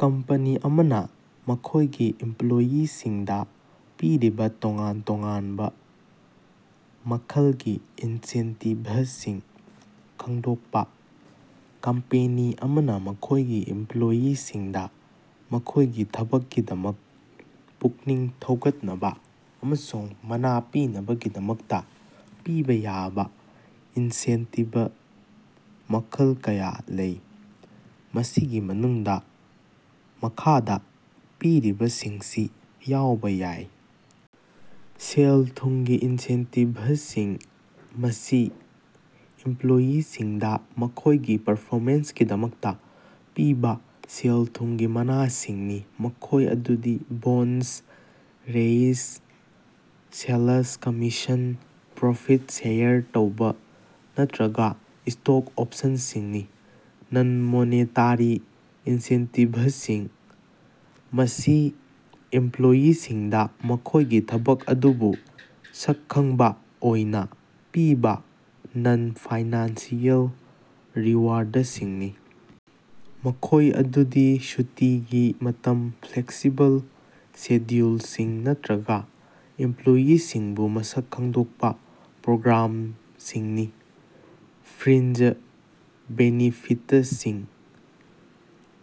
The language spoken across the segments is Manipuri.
ꯀꯝꯄꯅꯤ ꯑꯃꯅꯥ ꯃꯈꯣꯏꯒꯤ ꯏꯝꯄ꯭ꯂꯣꯌꯤꯁꯤꯡꯗꯥ ꯄꯤꯔꯤꯕꯥ ꯇꯣꯉꯥꯟ ꯇꯣꯉꯥꯟꯕꯥ ꯃꯈꯜꯒꯤ ꯏꯟꯁꯦꯟꯇꯤꯚꯁꯤꯡ ꯈꯪꯗꯣꯛꯄꯥ꯫ ꯀꯝꯄꯦꯅꯤ ꯑꯃꯅꯥ ꯃꯈꯣꯏꯒꯤ ꯏꯝꯄ꯭ꯂꯣꯌꯤꯁꯤꯡꯗꯥ ꯃꯈꯣꯏꯒꯤ ꯊꯕꯛꯀꯤꯗꯃꯛ ꯄꯨꯛꯅꯤꯡ ꯊꯧꯒꯠꯅꯕꯥ ꯑꯃꯁꯨꯡ ꯃꯅꯥ ꯄꯤꯅꯕꯒꯤꯗꯃꯛꯇꯥ ꯄꯤꯕꯥ ꯌꯥꯕꯥ ꯏꯟꯁꯦꯟꯇꯤꯕ ꯃꯈꯜ ꯀꯌꯥ ꯂꯩ꯫ ꯃꯁꯤꯒꯤ ꯃꯅꯨꯡꯗꯥ ꯃꯈꯥꯗꯥ ꯄꯤꯔꯤꯕꯁꯤꯡꯁꯤ ꯌꯥꯎꯕꯥ ꯌꯥꯏ: ꯁꯦꯜ-ꯊꯨꯝꯒꯤ ꯏꯟꯁꯦꯟꯇꯤꯚꯁꯤꯡ ꯃꯁꯤ ꯏꯝꯄ꯭ꯂꯣꯌꯤꯁꯤꯡꯗꯥ ꯃꯈꯣꯏꯒꯤ ꯄꯔꯐꯣꯃꯦꯟꯁꯀꯤꯗꯃꯛꯇꯥ ꯄꯤꯕꯥ ꯁꯦꯜ-ꯊꯨꯝꯒꯤ ꯃꯅꯥꯁꯤꯡꯅꯤ ꯃꯈꯣꯏ ꯑꯗꯨꯗꯤ bonus raise sales commission profit share ꯇꯧꯕ ꯅꯠꯇ꯭ꯔꯒꯥ ꯁ꯭ꯇꯣꯛ ꯑꯣꯞꯁꯟꯁꯤꯡꯅꯤ꯫ ꯅꯟ-ꯃꯣꯅꯦꯇꯥꯔꯤ ꯏꯟꯁꯦꯟꯇꯤꯚꯁꯤꯡ: ꯃꯁꯤ ꯏꯝꯄ꯭ꯂꯣꯌꯤꯁꯤꯡꯗꯥ ꯃꯈꯣꯏꯒꯤ ꯊꯕꯛ ꯑꯗꯨꯕꯨ ꯁꯛꯈꯪꯕꯥ ꯑꯣꯏꯅꯥ ꯄꯤꯕꯥ ꯅꯟ-ꯐꯥꯏꯅꯥꯟꯁꯤꯑꯦꯜ ꯔꯤꯋꯥꯔꯗꯁꯤꯡꯅꯤ ꯃꯈꯣꯏ ꯑꯗꯨꯗꯤ ꯁꯨꯇꯤꯒꯤ ꯃꯇꯝ ꯐ꯭ꯂꯦꯛꯁꯤꯕꯜ ꯁꯦꯗ꯭ꯌꯨꯜꯁꯤꯡ ꯅꯠꯇ꯭ꯔꯒꯥ ꯏꯝꯄ꯭ꯂꯣꯌꯤꯁꯤꯡꯕꯨ ꯃꯁꯛ ꯈꯪꯗꯣꯛꯄꯥ ꯄ꯭ꯔꯣꯒ꯭ꯔꯥꯝꯁꯤꯡꯅꯤ꯫ ꯐ꯭ꯔꯤꯟꯖ ꯕꯦꯅꯤꯐꯤꯇꯁꯤꯡ: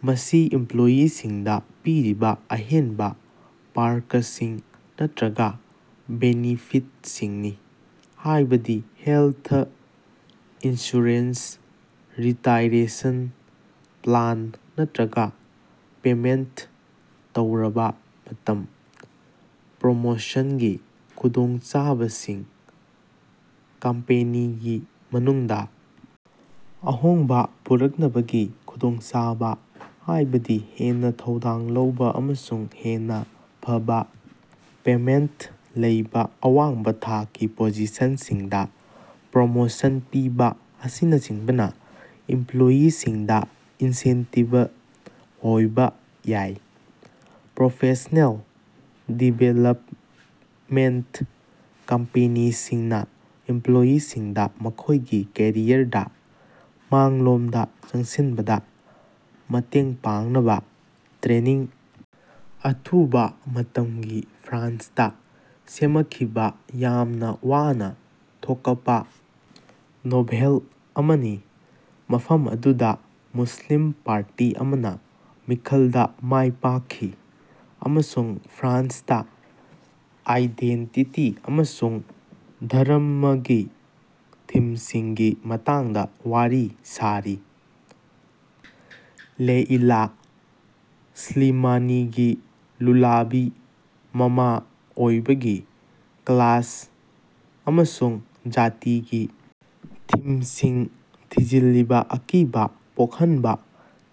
ꯃꯁꯤ ꯏꯝꯄ꯭ꯂꯣꯌꯤꯁꯤꯡꯗꯥ ꯄꯤꯔꯤꯕꯥ ꯑꯍꯦꯟꯕꯥ ꯄꯥꯔꯀꯁꯤꯡ ꯅꯠꯇ꯭ꯔꯒꯥ ꯕꯦꯅꯤꯐꯤꯠꯁꯤꯡꯅꯤ ꯍꯥꯏꯕꯗꯤ ꯍꯦꯂꯊ ꯏꯟꯁꯨꯔꯦꯟꯁ ꯔꯤꯇꯥꯏꯔꯦꯁꯟ ꯄ꯭ꯂꯥꯟ ꯅꯠꯇ꯭ꯔꯒꯥ ꯄꯦꯃꯦꯟꯠ ꯇꯧꯔꯕꯥ ꯃꯇꯝ꯫ ꯄ꯭ꯔꯣꯃꯣꯁꯟꯒꯤ ꯈꯨꯗꯣꯡꯆꯥꯕꯁꯤꯡ: ꯀꯝꯄꯦꯅꯤꯒꯤ ꯃꯅꯨꯡꯗꯥ ꯑꯍꯣꯡꯕꯥ ꯄꯨꯔꯛꯅꯕꯒꯤ ꯈꯨꯗꯣꯡꯆꯥꯕꯥ ꯍꯥꯏꯕꯗꯤ ꯍꯦꯟꯅꯥ ꯊꯧꯗꯥꯡ ꯂꯧꯕꯥ ꯑꯃꯁꯨꯡ ꯍꯦꯟꯅꯥ ꯐꯕꯥ ꯄꯦꯃꯦꯟꯠ ꯂꯩꯕꯥ ꯑꯋꯥꯡꯕꯥ ꯊꯥꯛꯀꯤ ꯄꯣꯖꯤꯁꯟꯁꯤꯡꯗꯥ ꯄ꯭ꯔꯣꯃꯣꯁꯟ ꯄꯤꯕꯥ ꯑꯁꯤꯅꯆꯤꯡꯕꯅꯥ ꯏꯝꯄ꯭ꯂꯣꯌꯤꯁꯤꯡꯗꯥ ꯏꯟꯁꯦꯟꯇꯤꯕ ꯑꯣꯏꯕꯥ ꯌꯥꯏ꯫ ꯄ꯭ꯔꯣꯐꯦꯁ꯭ꯅꯦꯜ ꯗꯤꯕꯦꯂꯞꯃꯦꯟꯠ: ꯀꯝꯄꯦꯅꯤꯁꯤꯡꯅꯥ ꯏꯝꯄ꯭ꯂꯣꯌꯤꯁꯤꯡꯗꯥ ꯃꯈꯣꯏꯒꯤ ꯀꯦꯔꯤꯌꯔꯗꯥ ꯃꯥꯡꯂꯣꯝꯗꯥ ꯆꯪꯁꯤꯟꯕꯗꯥ ꯃꯇꯦꯡ ꯄꯥꯡꯅꯕꯥ ꯇ꯭ꯔꯦꯅꯤꯡ ꯑꯊꯨꯕꯥ ꯃꯇꯝꯒꯤ ꯐ꯭ꯔꯥꯟꯁꯇꯥ ꯁꯦꯃꯈꯤꯕꯥ ꯌꯥꯝꯅꯥ ꯋꯥꯅꯥ ꯊꯣꯀꯄꯥ ꯅꯣꯚꯦꯜ ꯑꯃꯅꯤ ꯃꯐꯝ ꯑꯗꯨꯗꯥ ꯃꯨꯁꯂꯤꯝ ꯄꯥꯔꯇꯤ ꯑꯃꯅꯥ ꯃꯤꯈꯜꯗꯥ ꯃꯥꯏꯄꯥꯛꯈꯤ ꯑꯃꯁꯨꯡ ꯐ꯭ꯔꯥꯟꯁꯇꯥ ꯑꯥꯏꯗꯦꯟꯇꯤꯇꯤ ꯑꯃꯁꯨꯡ ꯙꯔꯝꯃꯒꯤ ꯊꯤꯝꯁꯤꯡꯒꯤ ꯃꯇꯥꯡꯗꯥ ꯋꯥꯔꯤ ꯁꯥꯔꯤ꯫ ꯂꯦꯏꯂꯥ ꯁ꯭ꯂꯤꯃꯥꯅꯤꯒꯤ ꯂꯨꯂꯥꯕꯤ ꯃꯃꯥ ꯑꯣꯏꯕꯒꯤ ꯀ꯭ꯂꯥꯁ ꯑꯃꯁꯨꯡ ꯖꯥꯇꯤꯒꯤ ꯊꯤꯝꯁꯤꯡ ꯊꯤꯖꯤꯜꯂꯤꯕꯥ ꯑꯀꯤꯕꯥ ꯄꯣꯛꯍꯟꯕꯥ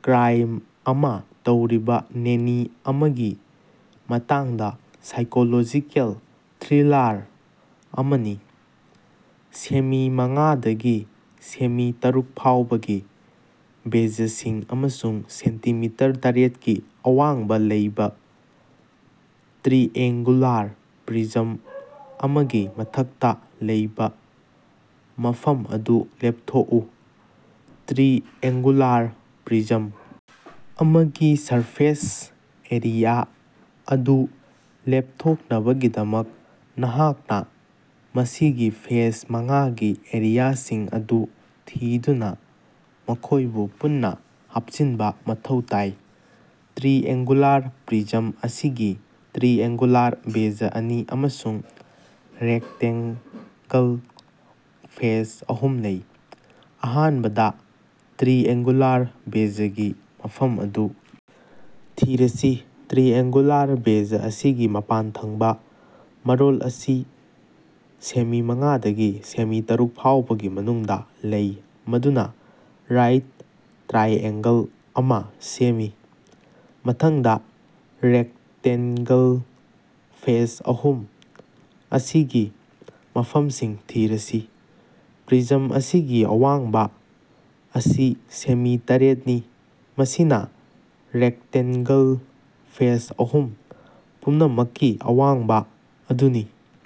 ꯀ꯭ꯔꯥꯏꯝ ꯑꯃꯥ ꯇꯧꯔꯤꯕꯥ ꯅꯦꯅꯤ ꯑꯃꯒꯤ ꯃꯇꯥꯡꯗꯥ ꯁꯥꯏꯀꯣꯂꯣꯖꯤꯀꯦꯜ ꯊ꯭ꯔꯤꯂꯥꯔ ꯑꯃꯅꯤ꯫ ꯁꯦꯃꯤ ꯃꯉꯥꯗꯒꯤ ꯁꯦꯃꯤ ꯇꯔꯨꯛꯐꯥꯎꯕꯒꯤ ꯕꯦꯖꯁꯤꯡ ꯑꯃꯁꯨꯡ ꯁꯦꯟꯇꯤꯃꯤꯇꯔ ꯇꯔꯦꯠꯀꯤ ꯑꯋꯥꯡꯕꯥ ꯂꯩꯕꯥ ꯇ꯭ꯔꯤꯑꯦꯡꯒꯨꯂꯥꯔ ꯄ꯭ꯔꯤꯖꯝ ꯑꯃꯒꯤ ꯃꯊꯛꯇꯥ ꯂꯩꯕꯥ ꯃꯐꯝ ꯑꯗꯨ ꯂꯦꯞꯊꯣꯛꯎ꯫ ꯇ꯭ꯔꯤꯑꯦꯡꯒꯨꯂꯥꯔ ꯄ꯭ꯔꯤꯖꯝ ꯑꯃꯒꯤ ꯁꯔꯐꯦꯁ ꯑꯦꯔꯤꯌꯥ ꯑꯗꯨ ꯂꯦꯞꯊꯣꯛꯅꯕꯒꯤꯗꯃꯛ ꯅꯍꯥꯛꯅꯥ ꯃꯁꯤꯒꯤ ꯐꯦꯁ ꯃꯉꯥꯒꯤ ꯑꯦꯔꯤꯌꯥꯁꯤꯡ ꯑꯗꯨ ꯊꯤꯗꯨꯅꯥ ꯃꯈꯣꯏꯕꯨ ꯄꯨꯟꯅꯥ ꯍꯥꯞꯆꯤꯟꯕꯥ ꯃꯊꯧ ꯇꯥꯏ꯫ ꯇ꯭ꯔꯤꯑꯦꯡꯒꯨꯂꯥꯔ ꯄ꯭ꯔꯤꯖꯝ ꯑꯁꯤꯒꯤ ꯇ꯭ꯔꯤꯑꯦꯡꯒꯨꯂꯥꯔ ꯕꯦꯖ ꯑꯅꯤ ꯑꯃꯁꯨꯡ ꯔꯦꯛꯇꯦꯟꯒꯜ ꯐꯦꯁ ꯑꯍꯨꯝ ꯂꯩ꯫ ꯑꯍꯥꯟꯕꯗꯥ ꯇ꯭ꯔꯤꯑꯦꯡꯒꯨꯂꯥꯔ ꯕꯦꯖꯒꯤ ꯃꯐꯝ ꯑꯗꯨ ꯊꯤꯔꯁꯤ꯫ ꯇ꯭ꯔꯤꯑꯦꯡꯒꯨꯂꯥꯔ ꯕꯦꯖ ꯑꯁꯤꯒꯤ ꯃꯄꯥꯟꯊꯪꯕꯥ ꯃꯔꯣꯜ ꯑꯁꯤ ꯁꯦꯃꯤ ꯃꯉꯥꯗꯒꯤ ꯁꯦꯃꯤ ꯇꯔꯨꯛ ꯐꯥꯎꯕꯒꯤ ꯃꯅꯨꯡꯗꯥ ꯂꯩ ꯃꯗꯨꯅꯥ ꯔꯥꯏꯠ ꯇ꯭ꯔꯥꯏꯑꯦꯡꯒꯜ ꯑꯃꯥ ꯁꯦꯝꯃꯤ꯫ ꯃꯊꯪꯗꯥ ꯔꯦꯛꯇꯦꯟꯒꯜ ꯐꯦꯁ ꯑꯍꯨꯝ ꯑꯁꯤꯒꯤ ꯃꯐꯝꯁꯤꯡ ꯊꯤꯔꯁꯤ꯫ ꯄ꯭ꯔꯤꯖꯝ ꯑꯁꯤꯒꯤ ꯑꯋꯥꯡꯕꯥ ꯑꯁꯤ ꯁꯦꯃꯤ ꯇꯔꯦꯠꯅꯤ ꯃꯁꯤꯅꯥ ꯔꯦꯛꯇꯦꯟꯒꯜ ꯐꯦꯁ ꯑꯍꯨꯝ ꯄꯨꯝꯅꯃꯛꯀꯤ ꯑꯋꯥꯡꯕꯥ ꯑꯗꯨꯅꯤ꯫